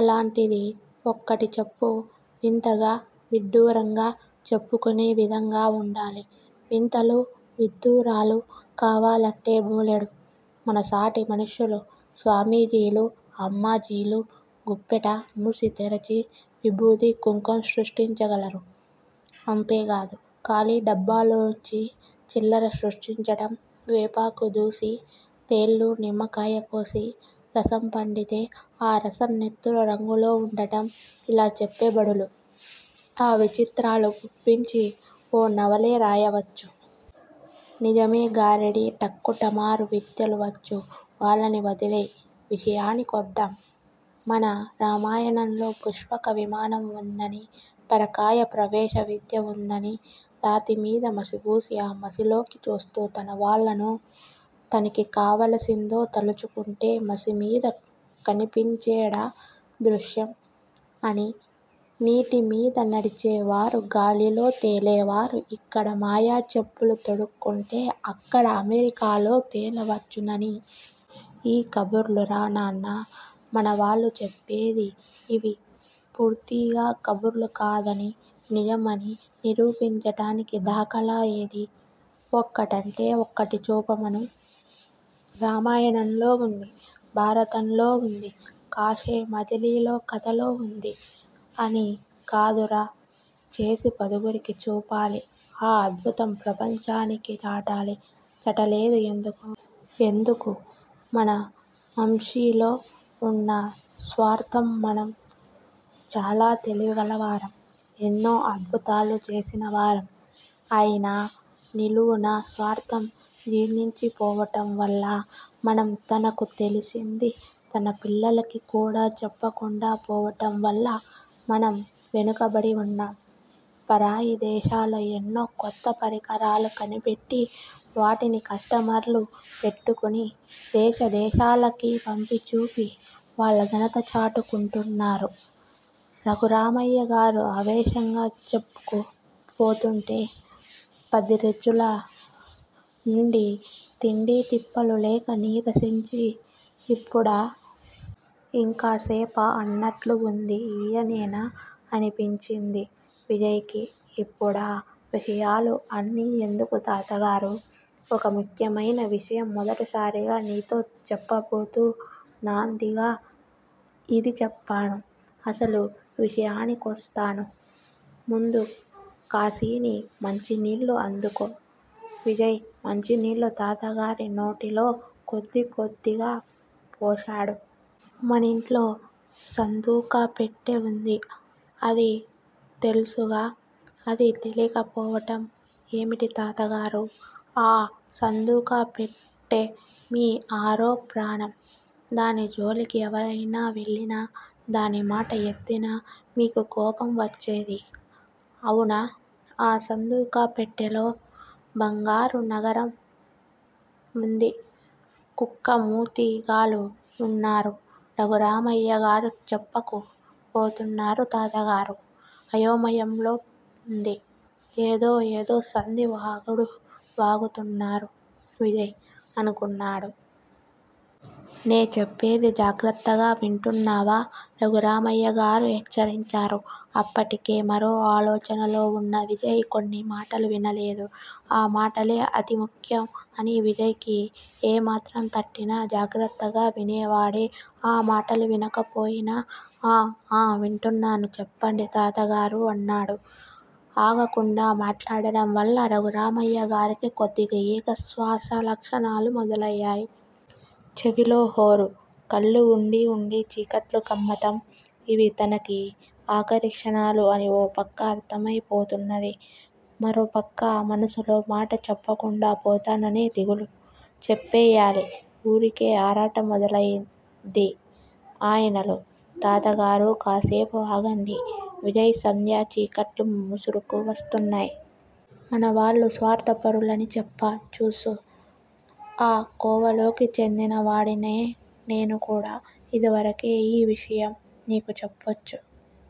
అలాంటిది వక్కటిచెప్పు! వింతగా విడ్డూరంగా చెప్పుకునే విధంగా వుండాలి. వింతలు విదూరాలూ కావాలంటే బోలెడు. మన సాటి మనుష్యులు స్వామీజీలు అమ్మాజీలు గుప్పెట మూసి తెరచి విబూది కుంకంసృష్టించగలరు. అంతేగాదు. ఖాళీ డబ్బాలోంచి చిల్లర సృష్టించటం, వేపాకు దూసి తేళ్ళు నిమ్మకాయ కోసి రసం పండితే ఆ రసం నెత్తురు రంగులో వుండటం ఇలా చెప్పెబడులు ఆ విచిత్రాలు గుప్పించి ఓ నవలే రాయవచ్చు. నిజమే గారడీ టక్కుటమారు విద్యలు వచ్చు. వాళ్ళని వదిలెయ్యి. విషయానికొద్దాం మన రామాయణంలో పుష్పక విమానం వుందని. పరకాయ ప్రవేశ విద్య వుందని రాతిమీద మసిబూసి ఆ మసిలోకి చూస్తూ తన వాళ్ళనో. తనకి కావాల్సిందో తల్చుకుంటే మసి మీద కనిపించేడా దృశ్యం అనీ, నీటి మీద నడిచే వారు గాలిలో తేలేవారు, ఇక్కడ మాయా చెప్పులు తొడుక్కుంటే అక్కడ అమెరికాలో తెలవచ్చుననీ. ఈ కబుర్లురా నాన్నా మన వాళ్ళు చెప్పేది ఇవి పూర్తిగా కబుర్లు కాదని నిజం అని నిరూపించటానికి దాఖలా ఏది? ఒక్కటంటే ఒక్కటి చూపమను! రామాయణంలో వుంది. భారతంలో వుంది. కాశీమజలీ కధల్లో వుంది అని కాదురా చేసి పదుగురికి చూపాలి. ఆ అద్భుతం ప్రపంచానికి చాటాలి చటలేదు ఎందుకు? ఎందుకు? మన మంశిలో వున్న స్వార్దం మనం చాలా తెలివిగల వారం. ఎన్నో అద్భుతాలు చేసిన వారం, అయినా నిలువునా స్వార్దం జీర్ణించి పోవటం వల్ల మనం తనకు తెలిసింది తన పిల్లలకి కూడా చెప్పకుండా పోవటం వల్ల మనం వెనక బడి వున్నాం పరాయిదేశాలు ఎన్నో కొత్తపరికరాలు కనిపెట్టి వాటికి కస్టమర్లు పెట్టుకుని దేశ దేశాలకి పంపి చూపి వాళ్ళ ఘనత చాటు కుంటున్నారు రఘురామయ్యగారు ఆవేశంగా చెప్పుకు పోతుంటే పదిరిజుల నుండి తిండీ తిప్పలూ లేక నీరసించి ఇప్పుడా! ఇంకాసేపా, అన్నట్లు వుంది ఈయేనేనా. అనిపించింది విజయ్ కి. ఇప్పుడా ఆ విషయాలూ అన్ని ఎందుకు తాతగారూ! ఒక ముఖ్యమైన విషయం మొదటిసారిగా నీతో చెప్పబోతూ నాందీగా ఇది చెప్పాను. అసలు విషయానికికోస్తాను. ముందు కాసిని మంచినీళ్ళు అందుకో. విజయ్ మంచినీళ్ళు తాతగారి నోటిలో కొద్దికొద్దిగా పోశాడు. మనింట్లో సందూకాపెట్టే వుంది అది తెల్సుగా! అది తెలియక పోవటం ఏమిటి తాతగారూ! ఆ సందూకాపెట్టే మీ ఆరో ప్రాణం. దాని జోలకి ఎవరైనా వెళ్ళినా దానిమాట ఎత్తినా మీకు కోపం వచ్చేది. అవునా, ఆ సందూకాపెట్టేలో బంగారు నగరం వుంది కుక్క మూతిగాళ్ళు వున్నారు రఘురామయ్యగారు చెప్పకు పోతున్నారు 'తాతగారు అయోమయంలోవుంది ఏదో ఏదో సంధి వాగుడు వాగుతున్నారు' విజయ్ అనుకున్నాడు. నేచేప్పేది జాగ్రత్తగా వింటున్నావా? రఘురామయ్యగారు హెచ్చరించారు. అప్పటికే మరో ఆలోచనలోవున్న విజయ్ కొన్ని మాటలు వినలేదు. ఆ మాటలే అతి ముఖ్యం అని విజయ్ కి ఏమాత్రం తట్టినా జాగ్రత్తగా వినేవాడే అ మాటలు వినకపోయినా ఆ ఆ వింటున్నాను చెప్పండి తాతగారూ! అన్నాడు. ఆగకుండా మాట్లడ్డం వల్ల రఘుర్మయ్యగారికి కొద్దిగా ఎగస్వాసలక్షణాలు మొదలయ్యాయి. చెవిలోహొరు. కళ్ళు వుండి వుండి చీకట్లు కమ్మతం. ఇవి తనకి ఆఖరి క్షణాలు అని ఓ పక్క అర్ధమై పోతున్నది. మరోపక్క మనసులో మాట చెప్పకుండా పోతాననే దిగులు. చెప్పెయ్యాలి ఊరికే ఆరాటం మొదలై ది ఆయనలో. 'తాతగారూ! కాసేపు ఆగండి విజయ్ సంధ్య చీకట్లు ముసురుకు వస్తున్నాయ్. మనవాళ్ళు స్వార్దంపరులనిచెప్పా చూసు. ఆ కోవలోకి చెందినవాడినే నేనుకూడా. ఇదివరకే యీ విషయం నీకు చెప్పొచ్చు